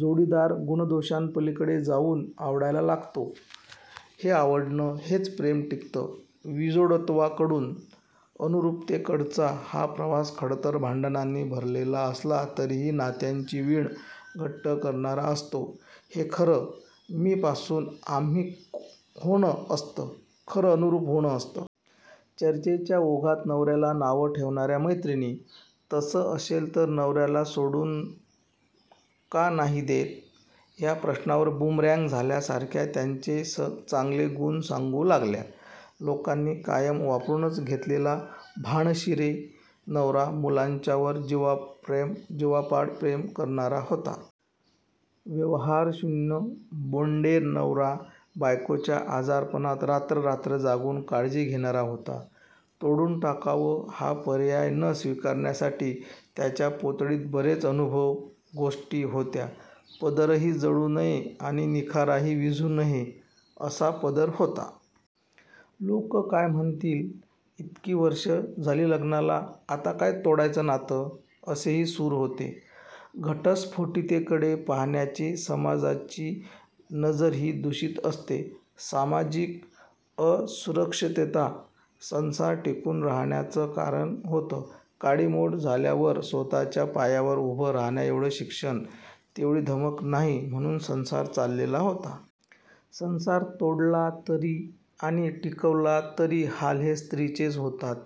जोडीदार गुणदोषांपलिकडे जाऊन आवडायला लागतो. हे आवडणं, हेच प्रेम टिकतं. विजोडत्वाकडून अनुरूपतेकडचा हा प्रवास खडतर, भांडणानी भरलेला असला तरीही नात्यांची वीण घट्ट करणारा असतो. हे खरं "मी" पासून "आम्ही" होणं असतं, खरं अनुरूप होणं असतं. चर्चेच्या ओघात नवऱ्याला नावं ठेवणाऱ्या मैत्रिणी, "तसं असेल तर नवऱ्याला सोडून का नाही देत? " ह्या प्रश्नावर बुमरॅंन्ग झाल्यासारख्या त्याचे चांगले गुण सांगू लागल्या. लोकांनी कायम वापरूनच घेतलेला "भाणशिरें" नवरा मुलांच्यावर जीवापाड प्रेम करणारा होता. व्यवहारशून्य "बोंडेर" नवरा बायकोच्या आजारपणात रात्र रात्र जागून काळजी घेणारा होता. तोडून टाकावं हा पर्याय न स्विकारण्यासाठी त्यांच्या पोतडीत बरेच अनुभव, गोष्टी होत्या. पदरही जळू नये आणि निखाराही विझू नये असा पदर होता. "लोक काय म्हणतील", "इतकी वर्ष झाली लग्नाला आता काय तोडायचं नातं" असेही सूर होते. घटस्फोटितेकडे पाहण्याची समाजाची नजर ही दुषित असते. सामाजिक असुरक्षितता संसार टिकून राहण्याचं कारण होतं. काडीमोड झाल्यावर स्वत:च्या पायावर उभं राहण्याएवढं शिक्षण, तेवढी धमक नाही म्हणून संसार चाललेला होता. संसार तोडला तरी आणि टिकवला तरी हाल हे स्त्रीचेच होतात.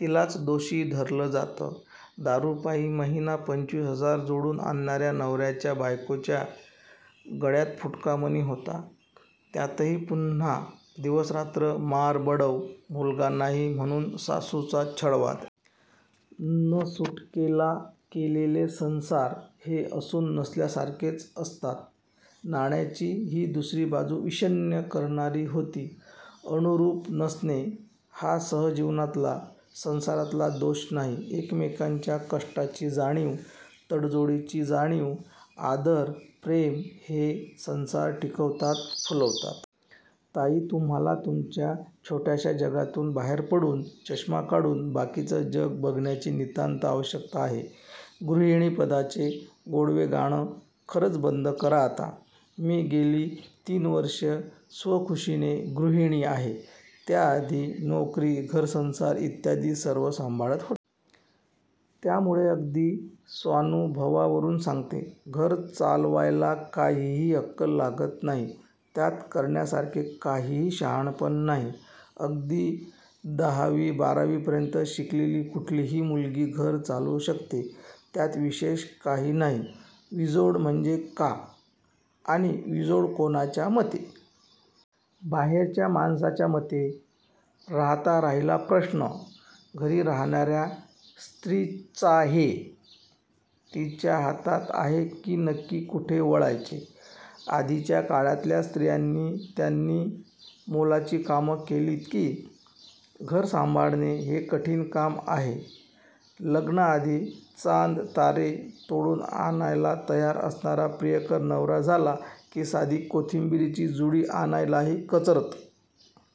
तिलाच दोषी धरलं जातं. दारूपायी महिना पंचवीस हजार जोडून आणणाऱ्या नवऱ्याच्या बायकोच्या गळ्यात फुटका मणी होता. त्यातही पुन्हा दिवसरात्र मारबडव, मुलगा नाही म्हणून सासूचा छळवाद. ना सुटकेला केलेले संसार हे असून नसल्यासारखेच असतात. नाण्याची ही दुसरी बाजू विषण्ण करणारी होती. अनुरूप नसणे हा सहजीवनातला, संसारातला दोष नाही. एकमेकांच्या कष्टाची जाणीव, तडजोडीची जाणीव, आदर, प्रेम हे संसार टिकवतात, फुलवतात. ताई तुम्हाला तुमच्या छोट्याश्या जगातून बाहेर पडून, चष्मा काढून बाकीचं जग बघण्याची नितांत आवश्यकता आहे. गृहिणीपदाचे गोडवे गाणं खरंच बंद करा आता. मी गेली तीन वर्षे स्वखुशीने गृहिणी आहे. त्याआधी नोकरी, घर-संसार इत्यादि सर्व सांभाळत होते. त्यामुळे अगदी स्वानुभवावरून सांगते. घर चालवायला काहीही अक्कल लागत नाही. त्यात करण्यासारखे काहीही शहाणपण नाही. अगदी दहावी-बारावी पर्यंत शिकलेली कुठलीही मुलगी घर चालवू शकते. त्यात विशेष काही नाही. विजोड म्हणजे का? आणि विजोड कोणाच्या मते? बाहेरच्या माणसाच्या मते? राहता राहिला प्रश्ण, घरी राहणार्या स्त्रीचाहे तिच्या हातात आहे की नक्की कुठे वळायचे. आधीच्या काळातल्या स्त्रीयांनी त्यांनी मोलाची कामं केलीत की. घर सांभाळणे हे कठीण काम आहे की. >>लग्नाआधी चांद तारे तोडून आणायला तयार असणारा प्रियकर नवरा झाला की साधी कोथिंबिरीची जुडी आणायलाही कचरत> <राग मानू नका पण तुम्ही हे कुठल्या काळातले व ठिकाणचे लिहिताय्?. बाकी, तुम्ही असे लेख लिहून आपली मतं लिहितात